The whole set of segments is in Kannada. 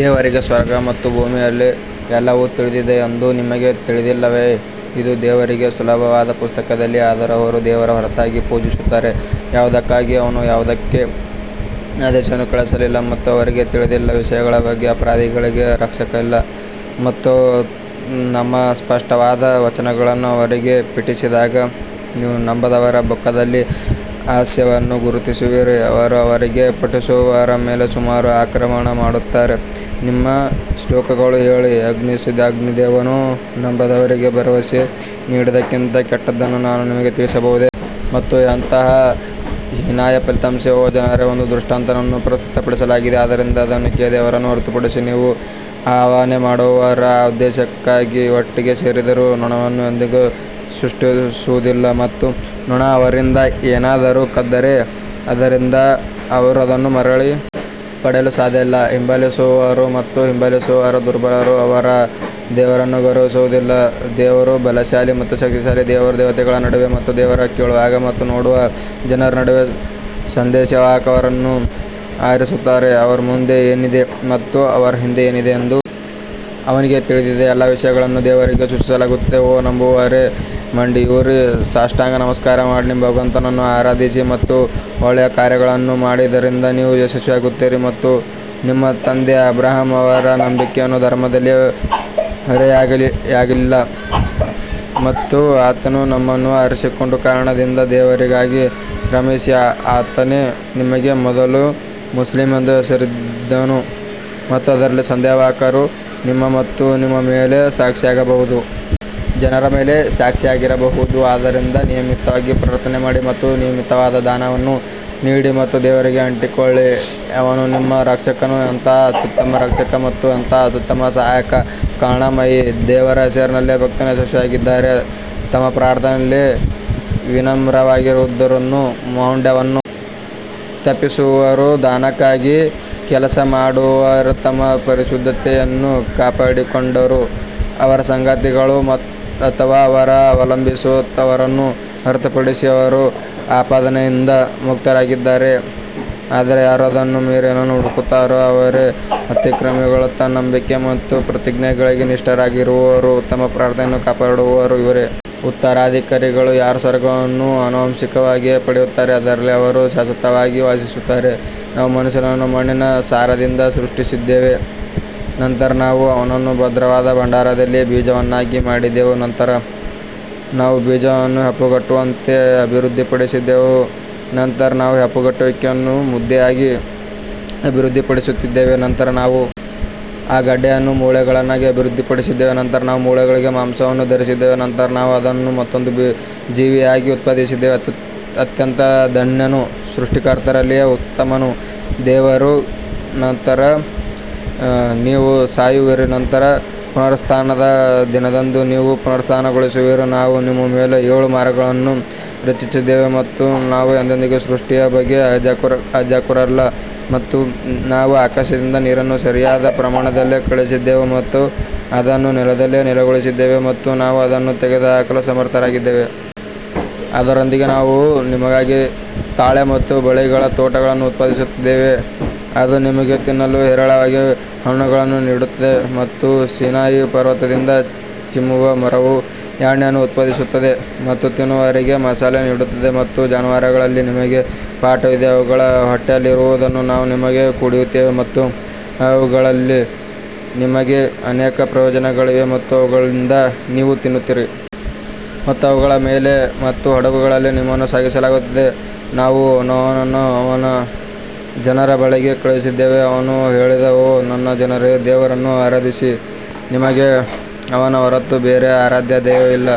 ದೇವರಿಗೆ ಸ್ವರ್ಗ ಮತ್ತು ಭೂಮಿಯಲ್ಲಿ ಎಲ್ಲವೂ ತಿಳಿದಿದೆ ಎಂದು ನಿಮಗೆ ತಿಳಿದಿಲ್ಲವೇ, ಇದು ದೇವರಿಗೆ ಸುಲಭವಾದ ಪುಸ್ತಕದಲ್ಲಿದೆ ಆದರೂ ಅವರು ದೇವರ ಹೊರತಾಗಿ ಪೂಜಿಸುತ್ತಾರೆ, ಯಾವುದಕ್ಕಾಗಿ ಅವನು ಯಾವುದೇ ಆದೇಶವನ್ನು ಕಳುಹಿಸಲಿಲ್ಲ ಮತ್ತು ಅವರಿಗೆ ತಿಳಿದಿಲ್ಲದ ವಿಷಯಗಳ ಬಗ್ಗೆ ಅಪರಾಧಿಗಳಿಗೆ ರಕ್ಷಕನಿಲ್ಲ. ಮತ್ತು ನಮ್ಮ ಸ್ಪಷ್ಟವಾದ ವಚನಗಳನ್ನು ಅವರಿಗೆ ಪಠಿಸಿದಾಗ ನೀವು ನಂಬದವರ ಮುಖದಲ್ಲಿ ಅಸಹ್ಯವನ್ನು ಗುರುತಿಸುವಿರಿ, ಅವರು ಅವರಿಗೆ ಪಠಿಸುವವರ ಮೇಲೆ ಸುಮಾರು ಆಕ್ರಮಣ ಮಾಡುತ್ತಾರೆ ನಮ್ಮ ಶ್ಲೋಕಗಳು ಹೇಳಿ, ಅಗ್ನಿದೇವನು ನಂಬದವರಿಗೆ ಭರವಸೆ ನೀಡಿದ್ದಕ್ಕಿಂತ ಕೆಟ್ಟದ್ದನ್ನು ನಾನು ನಿಮಗೆ ತಿಳಿಸಬಹುದೇ? ಮತ್ತು ಎಂತಹ ಹೀನಾಯ ಫಲಿತಾಂಶ ಓ ಜನರೇ ಒಂದು ದೃಷ್ಟಾಂತವನ್ನು ಪ್ರಸ್ತುತಪಡಿಸಲಾಗಿದೆ ಆದ್ದರಿಂದ ಅದನ್ನು ಕೇಳಿ ದೇವರನ್ನು ಹೊರತುಪಡಿಸಿ ನೀವು ಆವಾಹನೆ ಮಾಡುವವರು ಆ ಉದ್ದೇಶಕ್ಕಾಗಿ ಒಟ್ಟಿಗೆ ಸೇರಿದರೂ ನೊಣವನ್ನು ಎಂದಿಗೂ ಸೃಷ್ಟಿಸುವುದಿಲ್ಲ ಮತ್ತು ನೊಣ ಅವರಿಂದ ಏನನ್ನಾದರೂ ಕದ್ದರೆ ಅದರಿಂದ ಅವರು ಅದನ್ನು ಮರಳಿ ಪಡೆಯಲು ಸಾಧ್ಯವಿಲ್ಲ ಹಿಂಬಾಲಿಸುವವರು ಮತ್ತು ಹಿಂಬಾಲಿಸುವವರು ದುರ್ಬಲರು ಅವರು ದೇವರನ್ನು ಗೌರವಿಸುವುದಿಲ್ಲ, ದೇವರು ಬಲಶಾಲಿ ಮತ್ತು ಶಕ್ತಿಶಾಲಿ ದೇವರು ದೇವತೆಗಳ ನಡುವೆ ಮತ್ತು ದೇವರು ಕೇಳುವ ಮತ್ತು ನೋಡುವ ಜನರ ನಡುವೆ ಸಂದೇಶವಾಹಕರನ್ನು ಆರಿಸುತ್ತಾನೆ ಅವರ ಮುಂದೆ ಏನಿದೆ ಮತ್ತು ಅವರ ಹಿಂದೆ ಏನಿದೆ ಎಂದು ಅವನಿಗೆ ತಿಳಿದಿದೆ, ಎಲ್ಲಾ ವಿಷಯಗಳನ್ನು ದೇವರಿಗೆ ಸೂಚಿಸಲಾಗುತ್ತದೆ ಓ ನಂಬುವವರೇ ಮಂಡಿಯೂರಿ ಸಾಷ್ಟಾಂಗ ನಮಸ್ಕಾರ ಮಾಡಿ ನಿಮ್ಮ ಭಗವಂತನನ್ನು ಆರಾಧಿಸಿ ಮತ್ತು ಒಳ್ಳೆಯ ಕಾರ್ಯಗಳನ್ನು ಮಾಡಿ ಇದರಿಂದ ನೀವು ಯಶಸ್ವಿಯಾಗುತ್ತೀರಿ ಮತ್ತು ನಿಮ್ಮ ತಂದೆ ಅಬ್ರಹಾಂ ಅವರ ನಂಬಿಕೆಯನ್ನು ಧರ್ಮದಲ್ಲಿ ಹೊರೆಯಾಗಿಲ್ಲ ಮತ್ತು ಆತನು ನಿಮ್ಮನ್ನು ಆರಿಸಿಕೊಂಡ ಕಾರಣದಿಂದ ದೇವರಿಗಾಗಿ ಶ್ರಮಿಸಿ, ಆತನೇ ನಿಮಗೆ ಮೊದಲು ಮುಸ್ಲಿಂ ಎಂದು ಹೆಸರಿಸಿದನು ಮತ್ತು ಇದರಲ್ಲಿ ಸಂದೇಶವಾಹಕರು ನಿಮ್ಮ ಮತ್ತು ನಿಮ್ಮ ಮೇಲೆ ಸಾಕ್ಷಿಯಾಗಬಹುದು. ಜನರ ಮೇಲೆ ಸಾಕ್ಷಿಗಳಾಗಿರಬಹುದು ಆದ್ದರಿಂದ ನಿಯಮಿತವಾಗಿ ಪ್ರಾರ್ಥನೆ ಮಾಡಿ ಮತ್ತು ನಿಯಮಿತವಾದ ದಾನವನ್ನು ನೀಡಿ ಮತ್ತು ದೇವರಿಗೆ ಅಂಟಿಕೊಳ್ಳಿ ಅವನು ನಿಮ್ಮ ರಕ್ಷಕನು ಎಂತಹ ಅತ್ಯುತ್ತಮ ರಕ್ಷಕ ಮತ್ತು ಎಂತಹ ಅತ್ಯುತ್ತಮ ಸಹಾಯಕ ಕರುಣಾಮಯಿ ದೇವರ ಹೆಸರಿನಲ್ಲಿ ಭಕ್ತರು ಯಶಸ್ವಿಯಾಗಿದ್ದಾರೆ ತಮ್ಮ ಪ್ರಾರ್ಥನೆಯಲ್ಲಿ ವಿನಮ್ರರಾಗಿರುವವರು ಮೌಢ್ಯವನ್ನು ತಪ್ಪಿಸುವವರು ದಾನಕ್ಕಾಗಿ ಕೆಲಸ ಮಾಡುವವರು ತಮ್ಮ ಪರಿಶುದ್ಧತೆಯನ್ನು ಕಾಪಾಡಿಕೊಂಡವರು ಅವರ ಸಂಗಾತಿಗಳು ಅಥವಾ ಅವರ ಅವಲಂಬಿತರನ್ನು ಹೊರತುಪಡಿಸಿ ಅವರು ಆಪಾದನೆಯಿಂದ ಮುಕ್ತರಾಗಿದ್ದಾರೆ ಆದರೆ ಯಾರು ಅದನ್ನು ಮೀರಿ ಏನನ್ನು ಹುಡುಕುತ್ತಾರೋ ಅವರೇ ಅತಿಕ್ರಮಿಗಳು ತಮ್ಮ ನಂಬಿಕೆ ಮತ್ತು ಪ್ರತಿಜ್ಞೆಗಳಿಗೆ ನಿಷ್ಠರಾಗಿರುವವರು ತಮ್ಮ ಪ್ರಾರ್ಥನೆಯನ್ನು ಕಾಪಾಡುವವರು ಇವರೇ ಉತ್ತರಾಧಿಕಾರಿಗಳು ಯಾರು ಸ್ವರ್ಗವನ್ನು ಆನುವಂಶಿಕವಾಗಿ ಪಡೆಯುತ್ತಾರೆ, ಅದರಲ್ಲಿ ಅವರು ಶಾಶ್ವತವಾಗಿ ವಾಸಿಸುತ್ತಾರೆ ನಾವು ಮನುಷ್ಯನನ್ನು ಮಣ್ಣಿನ ಸಾರದಿಂದ ಸೃಷ್ಟಿಸಿದ್ದೇವೆ ನಂತರ ನಾವು ಅವನನ್ನು ಭದ್ರವಾದ ಭಂಡಾರದಲ್ಲಿ ಬೀಜವನ್ನಾಗಿ ಮಾಡಿದೆವು ನಂತರ ನಾವು ಬೀಜವನ್ನು ಹೆಪ್ಪುಗಟ್ಟುವಂತೆ ಅಭಿವೃದ್ಧಿಪಡಿಸಿದೆವು ನಂತರ ನಾವು ಹೆಪ್ಪುಗಟ್ಟುವಿಕೆಯನ್ನು ಮುದ್ದೆಯಾಗಿ ಅಭಿವೃದ್ಧಿಪಡಿಸಿದ್ದೇವೆ ನಂತರ ನಾವು ಆ ಗಡ್ಡೆಯನ್ನು ಮೂಳೆಗಳಾಗಿ ಅಭಿವೃದ್ಧಿಪಡಿಸಿದ್ದೇವೆ ನಂತರ ನಾವು ಮೂಳೆಗಳಿಗೆ ಮಾಂಸವನ್ನು ಧರಿಸಿದ್ದೇವೆ ನಂತರ ನಾವು ಅದನ್ನು ಮತ್ತೊಂದು ಜೀವಿಯಾಗಿ ಉತ್ಪಾದಿಸಿದ್ದೇವೆ ಅತ್ಯಂತ ಧನ್ಯನು ಸೃಷ್ಟಿಕರ್ತರಲ್ಲಿ ಉತ್ತಮನು ದೇವರು ನಂತರ ನೀವು ಸಾಯುವಿರಿ ನಂತರ ಪುನರುತ್ಥಾನದ ದಿನದಂದು ನೀವು ಪುನರುತ್ಥಾನಗೊಳ್ಳುವಿರಿ ನಾವು ನಿಮ್ಮ ಮೇಲೆ ಏಳು ಮಾರ್ಗಗಳನ್ನು ರಚಿಸಿದ್ದೇವೆ ಮತ್ತು ನಾವು ಎಂದಿಗೂ ಸೃಷ್ಟಿಯ ಬಗ್ಗೆ ಅಜಾಗರೂಕರಲ್ಲ ಮತ್ತು ನಾವು ಆಕಾಶದಿಂದ ನೀರನ್ನು ಸರಿಯಾದ ಪ್ರಮಾಣದಲ್ಲಿ ಕಳುಹಿಸಿದ್ದೇವೆ ಮತ್ತು ಅದನ್ನು ನೆಲದಲ್ಲಿ ನೆಲೆಗೊಳಿಸಿದ್ದೇವೆ ಮತ್ತು ನಾವು ಅದನ್ನು ತೆಗೆದುಹಾಕಲು ಸಮರ್ಥರಾಗಿದ್ದೇವೆ. ಅದರೊಂದಿಗೆ ನಾವು ನಿಮಗಾಗಿ ತಾಳೆ ಮತ್ತು ಬಳ್ಳಿಗಳ ತೋಟಗಳನ್ನು ಉತ್ಪಾದಿಸುತ್ತೇವೆ ಅದು ನಿಮಗೆ ತಿನ್ನಲು ಹೇರಳವಾಗಿ ಹಣ್ಣುಗಳನ್ನು ನೀಡುತ್ತದೆ ಮತ್ತು ಸೀನಾಯಿ ಪರ್ವತದಿಂದ ಚಿಮ್ಮುವ ಮರವು ಎಣ್ಣೆಯನ್ನು ಉತ್ಪಾದಿಸುತ್ತದೆ ಮತ್ತು ತಿನ್ನುವವರಿಗೆ ಮಸಾಲೆ ನೀಡುತ್ತದೆ ಮತ್ತು ಜಾನುವಾರುಗಳಲ್ಲಿ ನಿಮಗೆ ಪಾಠವಿದೆ, ಅವುಗಳ ಹೊಟ್ಟೆಯಲ್ಲಿರುವುದನ್ನು ನಾವು ನಿಮಗೆ ಕುಡಿಯುತ್ತೇವೆ ಮತ್ತು ಅವುಗಳಲ್ಲಿ ನಿಮಗೆ ಅನೇಕ ಪ್ರಯೋಜನಗಳಿವೆ ಮತ್ತು ಅವುಗಳಿಂದ ನೀವು ತಿನ್ನುತ್ತೀರಿ. ಮತ್ತು ಅವುಗಳ ಮೇಲೆ ಮತ್ತು ಹಡಗುಗಳಲ್ಲಿ ನಿಮ್ಮನ್ನು ಸಾಗಿಸಲಾಗುತ್ತದೆ ನಾವು ನೋಹನನ್ನು ಅವನ ಜನರ ಬಳಿಗೆ ಕಳುಹಿಸಿದ್ದೇವೆ ಅವನು ಹೇಳಿದ ಓ ನನ್ನ ಜನರೇ ದೇವರನ್ನು ಆರಾಧಿಸಿ ನಿಮಗೆ ಅವನ ಹೊರತು ಬೇರೆ ಆರಾಧ್ಯ ದೈವವಿಲ್ಲ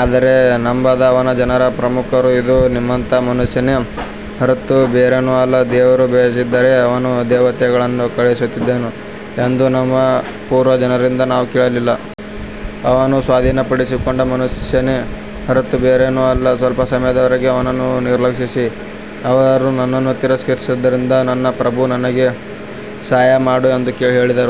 ಆದರೆ ನಂಬದ ಅವನ ಜನರ ಪ್ರಮುಖರು, ಇದು ನಿಮ್ಮಂತಹ ಮನುಷ್ಯನೇ ಹೊರತು ಬೇರೇನೂ ಅಲ್ಲ, ದೇವರು ಬಯಸಿದ್ದರೆ ಅವನು ದೇವತೆಗಳನ್ನು ಕಳುಹಿಸುತ್ತಿದ್ದನು ಎಂದು ನಮ್ಮ ಪೂರ್ವಜರಿಂದ ನಾವು ಕೇಳಲಿಲ್ಲ. ಅವನು ಸ್ವಾಧೀನಪಡಿಸಿಕೊಂಡ ಮನುಷ್ಯನೇ ಹೊರತು ಬೇರೇನೂ ಅಲ್ಲ, ಸ್ವಲ್ಪ ಸಮಯದವರೆಗೆ ಅವನನ್ನು ನಿರ್ಲಕ್ಷಿಸಿ ಅವರು ನನ್ನನ್ನು ತಿರಸ್ಕರಿಸಿದ್ದರಿಂದ ನನ್ನ ಪ್ರಭು ನನಗೆ ಸಹಾಯ ಮಾಡು ಎಂದು ಹೇಳಿದರು.